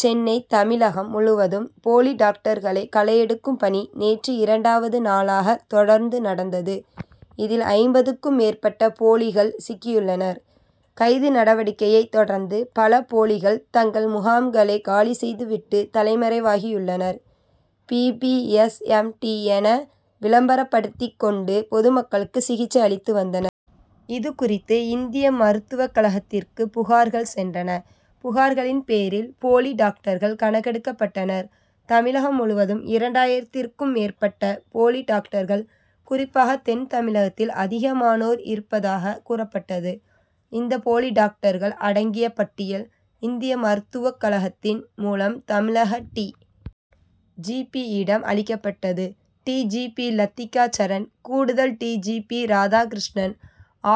சென்னை தமிழகம் முழுவதும் போலி டாக்டர்களை களையெடுக்கும் பணி நேற்று இரண்டாவது நாளாக தொடர்ந்து நடந்தது. இதில், ஐம்பதுக்கும் மேற்பட்ட போலிகள் சிக்கியுள்ளனர். கைது நடவடிக்கையை தொடர்ந்து, பல போலிகள் தங்கள் முகாம்களை காலி செய்துவிட்டு தலைமறைவாகியுள்ளனர். B. B. S., M. D., என விளம்பரப்படுத்திக் கொண்டு பொதுமக்களுக்கு சிகிச்சை அளித்துவந்தனர். இதுகுறித்து, இந்திய மருத்துவ கழகத்திற்கு புகார்கள் சென்றன. புகார்களின் பேரில், போலி டாக்டர்கள் கணக்கெடுக்கப்பட்டனர். தமிழகம் முழுவதும் இரண்டாயிரத்திற்கும் மேற்பட்ட போலி டாக்டர்கள், குறிப்பாக தென் தமிழகத்தில் அதிகமானோர் இருப்பதாக கூறப்பட்டது. இந்த போலி டாக்டர்கள் அடங்கிய பட்டியல், இந்திய மருத்துவக் கழகத்தின் மூலம், தமிழக டி. ஜி. பி.,யிடம் அளிக்கப்பட்டது. D. G. P., Lathika Saran, கூடுதல் டி. ஜி. பி., ராதாகிருஷ்ணன்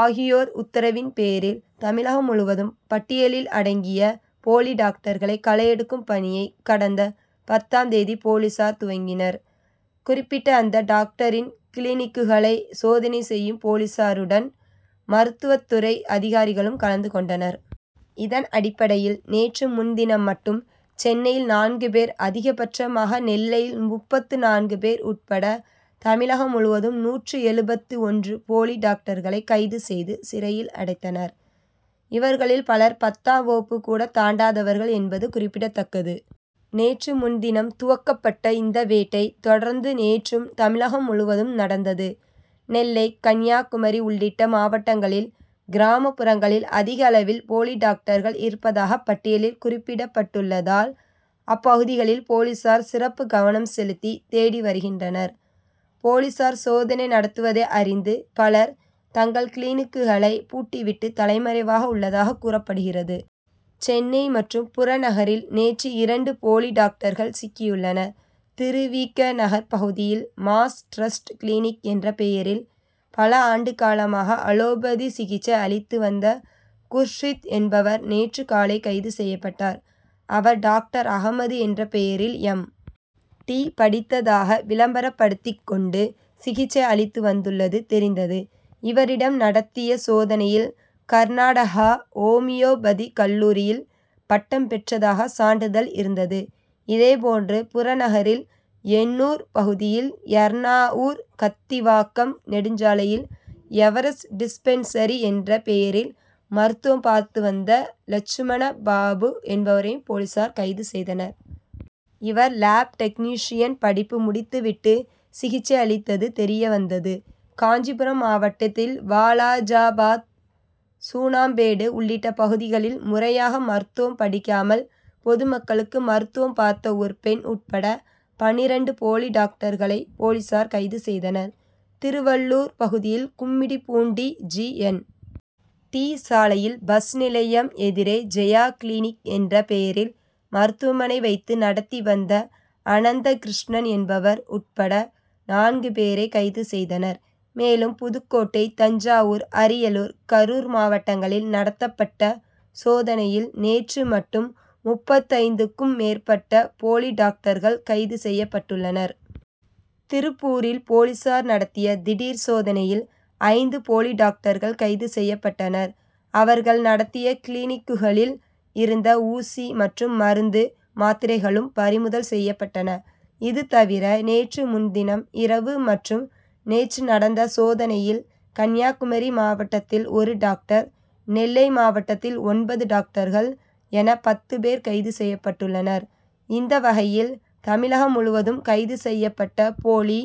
ஆகியோர் உத்தரவின் பேரில், தமிழகம் முழுவதும் பட்டியலில் அடங்கிய போலி டாக்டர்களை களையெடுக்கும் பணியை, கடந்த பத்தாம் தேதி போலீசார் துவக்கினர். குறிப்பிட்ட அந்த டாக்டரின் கிளினிக்குகளை சோதனை செய்யும் போலீசாருடன், மருத்துவத் துறை அதிகாரிகளும் கலந்து கொண்டனர். இதன் அடிப்படையில் நேற்று முன்தினம் மட்டும் சென்னையில் நான்கு பேர், அதிகபட்சமாக நெல்லையில் முப்பத்து நான்கு பேர் உட்பட தமிழகம் முழுவதும் நூற்று எழுபத்து ஒன்று போலி டாக்டர்களை கைது செய்து சிறையில் அடைத்தனர். இவர்களில் பலர் பத்தாம் வகுப்பு கூட தாண்டாதவர்கள் என்பது குறிப்பிடத்தக்கது. நேற்று முன்தினம் துவக்கப்பட்ட இந்த வேட்டை, தொடர்ந்து நேற்றும் தமிழகம் முழுவதும் நடந்தது. நெல்லை, கன்னியாகுமரி உள்ளிட்ட மாவட்டங்களில் கிராமப்புறங்களில் அதிகளவில் போலி டாக்டர்கள் இருப்பதாக பட்டியலில் குறிப்பிட்டுள்ளதால், அப்பகுதிகளில் போலீசார் சிறப்பு கவனம் செலுத்தி தேடி வருகின்றனர். போலீசார் சோதனை நடத்துவதை அறிந்து பலர், தங்கள் கிளினிக்குகளை பூட்டிவிட்டு, தலைமறைவாக உள்ளதாக கூறப்படுகிறது. சென்னை மற்றும் புறநகரில் நேற்று இரண்டு போலி டாக்டர்கள் சிக்கியுள்ளனர். திரு. வி. க., நகர் பகுதியில் மாஸ் டிரஸ்ட் கிளினிக் என்ற பெயரில் பல ஆண்டு காலமாக அலோபதி சிகிச்சை அளித்து வந்த குர்ஷித் என்பவர், நேற்று காலை கைது செய்யப்பட்டார். அவர், டாக்டர் அகமது என்ற பெயரில் எம். டி., படித்ததாக விளம்பரப்படுத்திக் கொண்டு சிகிச்சை அளித்து வந்துள்ளது தெரிந்தது. இவரிடம் நடத்திய சோதனையில், கர்நாடகா ஓமியோபதி கல்லூரியில் பட்டம் பெற்றதாக சான்றிதழ் இருந்தது. இதே போன்று, புறநகரில் எண்ணூர் பகுதியில் எர்ணாவூர், கத்திவாக்கம் நெடுஞ்சாலையில் எவரெஸ்ட் டிஸ்பென்சரி என்ற பெயரில் மருத்துவம் பார்த்துவந்த லட்சுமண பாபு என்பவரையும் போலீசார் கைது செய்தனர். இவர், லேப்டெக்னீஷியன் படிப்பு முடித்துவிட்டு, சிகிச்சை அளித்தது தெரியவந்தது. காஞ்சிபுரம் மாவட்டத்தில் வாலாஜாபாத், சூணாம்பேடு உள்ளிட்ட பகுதிகளில் முறையாக மருத்துவம் படிக்காமல் பொதுமக்களுக்கு மருத்துவம் பார்த்த ஒரு பெண் உட்பட பன்னிரண்டு போலி டாக்டர்களை, போலீசார் கைது செய்தனர். திருவள்ளூர் பகுதியில் கும்மிடிப்பூண்டி ஜி. என். டி., சாலையில் பஸ் நிலையம் எதிரே ஜெயா கிளினிக் என்ற பெயரில் மருத்துவமனை வைத்து நடத்தி வந்த அனந்தகிருஷ்ணன் என்பவர் உட்பட நான்கு பேரை கைது செய்தனர். மேலும் புதுக்கோட்டை, தஞ்சாவூர், அரியலூர், கரூர் மாவட்டங்களில் நடத்தப்பட்ட சோதனையில் நேற்று மட்டும் முப்பத்தைந்துக்கும் மேற்பட்ட போலி டாக்டர்கள் கைது செய்யப்பட்டுள்ளனர். திருப்பூரில் போலீசார் நடத்திய திடீர் சோதனையில், ஐந்து போலி டாக்டர்கள் கைது செய்யப்பட்டனர். அவர்கள் நடத்திய கிளினிக்குகளில் இருந்த ஊசிகள் மற்றும் மருந்து, மாத்திரைகளும் பறிமுதல் செய்யப்பட்டன. இது தவிர நேற்று முன்தினம் இரவு மற்றும் நேற்று நடந்த சோதனையில் கன்னியாகுமரி மாவட்டத்தில் ஒரு டாக்டர், நெல்லை மாவட்டத்தில் ஒன்பது டாக்டர்கள் என பத்து பேர் கைது செய்யப்பட்டுள்ளனர். இந்த வகையில் தமிழகம் முழுவதும் கைது செய்யப்பட்ட போலி